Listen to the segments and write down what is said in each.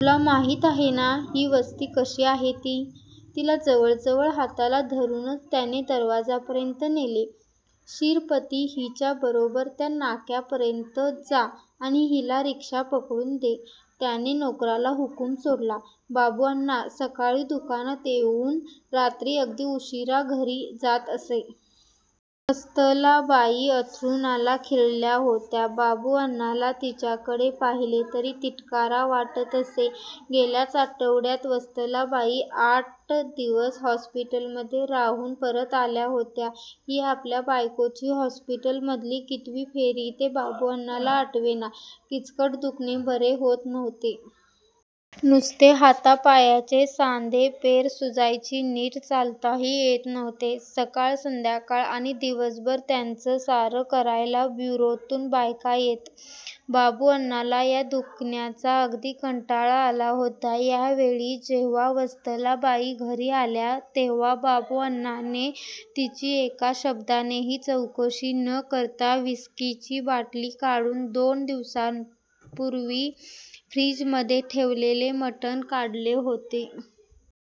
तुला माहीत आहे ना ही वस्ती कशी आहे ती? " तिला जवळजवळ हाताला धरूनच त्याने दरवाजापर्यंत नेले. "शिरपती हीच्या बरोबर त्या नाक्यापर्यंत जा आणि हिला रिक्शा पकडून दे" त्याने नोकराला हुकूम सोडला. बाबुअण्णा सकाळी दुकानात येऊन रात्री अगदी उशीरा घरी जात असे. वत्सलाबाई अंथरुणाला खिळल्या होत्या. बाबुअण्णाला तिच्याकडे पाहिले तरी तिटकारा वाटत असे. गेल्याच आठवड्यात वत्सलाबाई आठ दिवस हॉस्पिटलमध्ये राहून परत आल्या होत्या. ही आपल्या बायकोची हॉस्पिटलमधली कितवी फेरी ते बाबुअण्णाला आठवेना. किचकट दुखणे बरे होत नव्हते. नुसते हातापायाचे सांधे पेरं सुजायची. नीट चालताही येत नव्हते. सकाळ, संध्याकाळ आणि दिवसभर त्यांचं सारं करायला ब्युरोतून बायका येत. बाबुअण्णाला या दुखण्याचा अगदी कंटाळा आला होता. यावेळी जेव्हा वत्सलाबाई घरी आल्या तेव्हा बाबुअण्णाने तिची एका शब्दानेही चौकशी न करता व्हिस्कीची बाटली काढून दोन दिवसापूर्वी फ्रिजमध्ये ठेवलेले मटण काढले होते.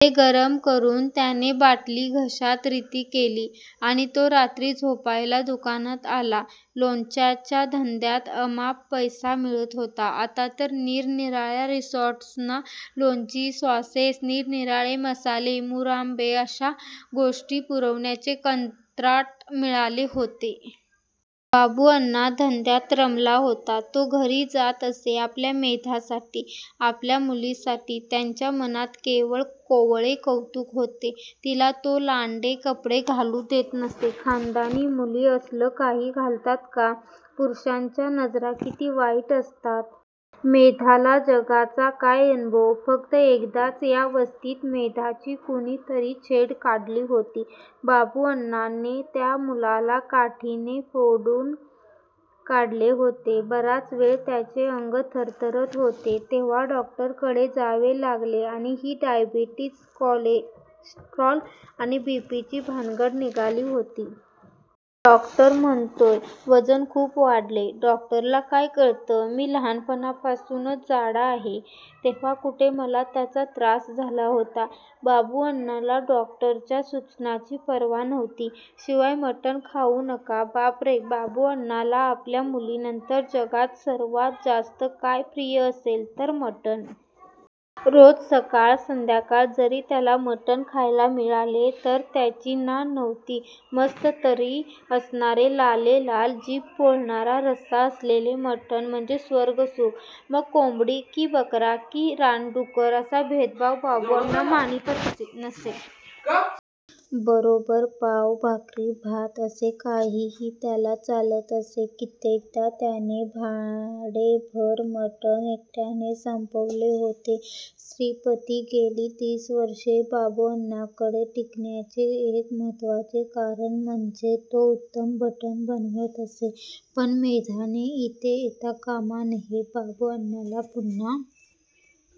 ते गरम करून त्याने बाटली घशात रिती केली आणि तो रात्री झोपायला दुकानात आला. लोणच्याच्या धंद्यात अमाप पैसा मिळत होता. आता तर निरनिराळ्या रिसॉर्टसना लोणची, सॉसेस, निरनिराळे मसाले, मुरांबे अशा गोष्टी पुरवण्याचे कंत्राट मिळाले होते. बाबुअण्णा धंद्यात रमला होता. तो घरी जात असे आपल्या मेधासाठी. आपल्या मुलीसाठी त्याच्या मनात केवळ कोवळे कौतुक होते. तिला तो लांडे कपडे घालु देत नसे. खानदानी मुली असलं काही घालतात का? पुरुषांच्या नजरा किती वाईट असतात. मेधाला जगाचा काय अनुभव? फक्त एकदाच या वस्तीत मेधाची कुणीतरी छेड काढली होती. बाबुअण्णाने त्या मुलाला काठीने फोडून काढले होते. बराच वेळ त्याचे अंग थरथरत होते. तेव्हा डॉक्टरकडे जावे लागले आणि ही डायबेटीज, कॉलेस्टेरॉल आणि बीपी ची भानगड निघाली होती. डॉक्टर म्हणतोय वजन खूप वाढलंय. डॉक्टरला काय कळतं? मी लहानपणापासूनच जाडा आहे. तेव्हा कुठे मला त्याचा त्रास झाला होता? बाबुअण्णाला डॉक्टरच्या सुचनांची पर्वा नव्हती. शिवाय मटण खाऊ नका? बापरे, बाबुअण्णाला आपल्या मुलीनंतर जगात सर्वात जास्त काय प्रिय असेल तर मटण. रोज सकाळ संध्याकाळ जरी त्याला मटण खायला मिळाले तर त्याची ना नव्हती. मस्त तर्री असणारे लालेलाल, जीभ पोळणारा रस्सा असलेले मटण म्हणजे स्वर्गसुख. मग कोंबडी, की बकरा कि रानडुक्कर असा भेदभाव बाबुअण्णा मानीत नसे. बरोबर पाव, भाकरी, भात असे काहीही त्याला चालत असे. कित्येकदा त्याने भांडेभर मटण एकट्याने संपवले होते. श्रीपती गेली तीस वर्षे बाबुअण्णाकडे टिकण्याचे एक महत्त्वाचे कारण म्हणजे तो उत्तम मटण बनवत असे. पण मेधाने इथे येता कामा नये. बाबुअण्णाला पुन्हा